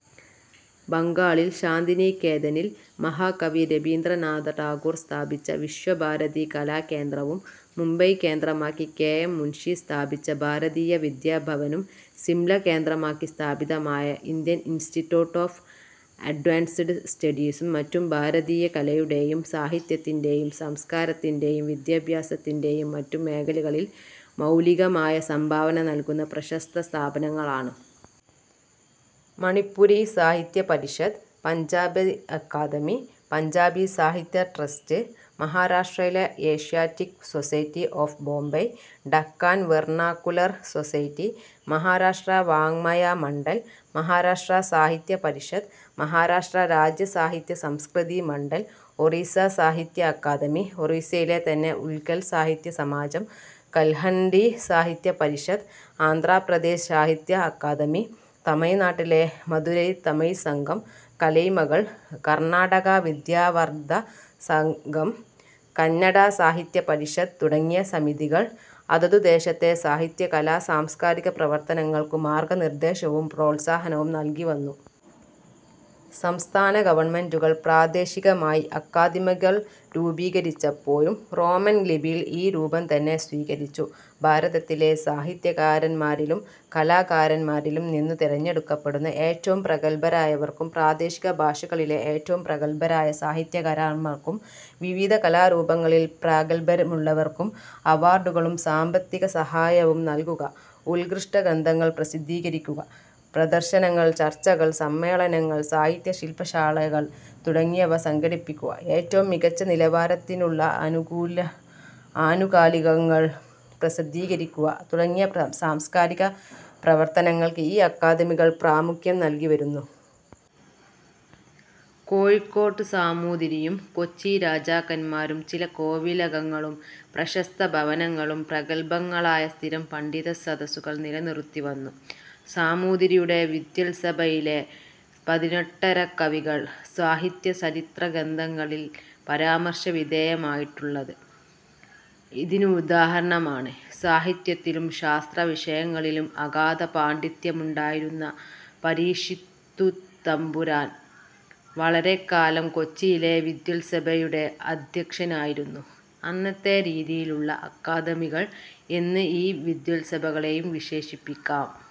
ബംഗാളിൽ ശാന്തിനികേതനിൽ മഹാകവി രബീന്ദ്രനാഥ ടാഗോർ സ്ഥാപിച്ച വിശ്വഭാരതി കലാകേന്ദ്രവും മുംബൈ കേന്ദ്രമാക്കി കെ. എം. മുൻഷി സ്ഥാപിച്ച ഭാരതീയവിദ്യാഭവനും സിംല കേന്ദ്രമാക്കി സ്ഥാപിതമായ ഇന്ത്യൻ ഇൻസ്റ്റിറ്റ്യൂട്ട് ഒഫ് അഡ്വാൻസ്ഡ് സ്റ്റഡീസും മറ്റും ഭാരതീയ കലയുടെയും സാഹിത്യത്തിന്റെയും സംസ്കാരത്തിന്റെയും വിദ്യാഭ്യാസത്തിന്റെയും മറ്റും മേഖലകളിൽ മൌലികമായ സംഭാവന നല്കുന്ന പ്രശസ്ത സ്ഥാപനങ്ങളാണ്. മണിപ്പുരി സാഹിത്യപരിഷത്, പഞ്ചാബി അക്കാദമി, പഞ്ചാബി സാഹിത്യ ട്രസ്റ്റ്, മഹാരാഷ്ട്രയിലെ Asiatic society of Bombay, Deccan vernacular society, Maharashtra വാങ്മയ മണ്ഡൽ, മഹാരാഷ്ട്ര സാഹിത്യപരിഷത്, മഹാരാഷ്ട്ര രാജ്യ സാഹിത്യസംസ്കൃതി മണ്ഡൽ, ഒറീസ സാഹിത്യ അക്കാദമി, ഒറീസയിലെ തന്നെ ഉത്കൽ സാഹിത്യസമാജം, കല്ഹൻഡി സാഹിത്യപരിഷത്, ആന്ധ്രാപ്രദേശ് സാഹിത്യ അക്കാദമി, തമിഴ്നാട്ടിലെ മധുരൈ തമിഴ് സംഘം, കലൈമകൾ, കർണാടക വിദ്യാവർധകസംഘം, കന്നഡ സാഹിത്യപരിഷത് തുടങ്ങിയ സമിതികൾ അതതു ദേശത്തെ സാഹിത്യകലാ സാംസ്കാരിക പ്രവർത്തനങ്ങൾക്കു മാർഗനിർദ്ദേശവും പ്രോത്സാഹനവും നല്കി വന്നു. സംസ്ഥാന ഗവൺമെന്റുകൾ പ്രാദേശികമായി അക്കാദമികൾ രൂപീകരിച്ചപ്പോഴും റോമൻ ലിപിയിൽ ഈ രൂപം തന്നെ സ്വീകരിച്ചു. ഭാരതത്തിലെ സാഹിത്യകാരന്മാരിലും കലാകാരന്മാരിലും നിന്നു തെരഞ്ഞെടുക്കപ്പെടുന്ന ഏറ്റവും പ്രഗല്ഭരായവർക്കും പ്രാദേശിക ഭാഷകളിലെ ഏറ്റവും പ്രഗല്ഭരായ സാഹിത്യകാരന്മാർക്കും വിവിധ കലാരൂപങ്ങളിൽ പ്രാഗല്ഭ്യമുള്ളവർക്കും അവാർഡുകളും സാമ്പത്തിക സഹായവും നല്കുക; ഉത്കൃഷ്ട ഗ്രന്ഥങ്ങൾ പ്രസിദ്ധീകരിക്കുക; പ്രദർശനങ്ങൾ, ചർച്ചകൾ, സമ്മേളനങ്ങൾ, സാഹിത്യശില്പശാലകൾ തുടങ്ങിയവ സംഘടിപ്പിക്കുക; ഏറ്റവും മികച്ച നിലവാരത്തിലുള്ള ആനുകാലികങ്ങൾ പ്രസിദ്ധീകരിക്കുക തുടങ്ങിയ സാംസ്കാരിക പ്രവർത്തനങ്ങൾക്ക് ഈ അക്കാദമികൾ പ്രാമുഖ്യം നല്കി വരുന്നു. കോഴിക്കോടു സാമൂതിരിയും കൊച്ചി രാജാക്കന്മാരും ചില കോവിലകങ്ങളും പ്രശസ്ത ഭവനങ്ങളും പ്രഗല്ഭങ്ങളായ സ്ഥിരം പണ്ഡിതസദസ്സുകൾ നിലനിറുത്തിവന്നു. സാമൂതിരിയുടെ വിദ്വത്സഭയിലെ പതിനെട്ടരക്കവികൾ സാഹിത്യചരിത്രഗ്രന്ഥങ്ങളിൽ പരാമർശ വിധേയമായിട്ടുള്ളത് ഇതിനുദാഹരണമാണ്. സാഹിത്യത്തിലും ശാസ്ത്രവിഷയങ്ങളിലും അഗാധ പാണ്ഡിത്യമുണ്ടായിരുന്ന പരീക്ഷിത്തുതമ്പുരാൻ വളരെക്കാലം കൊച്ചിയിലെ വിദ്വത്സഭയുടെ അധ്യക്ഷനായിരുന്നു. അന്നത്തെ രീതിയിലുള്ള അക്കാദമികൾ എന്ന് ഈ വിദ്വത്സഭകളെയും വിശേഷിപ്പിക്കാം.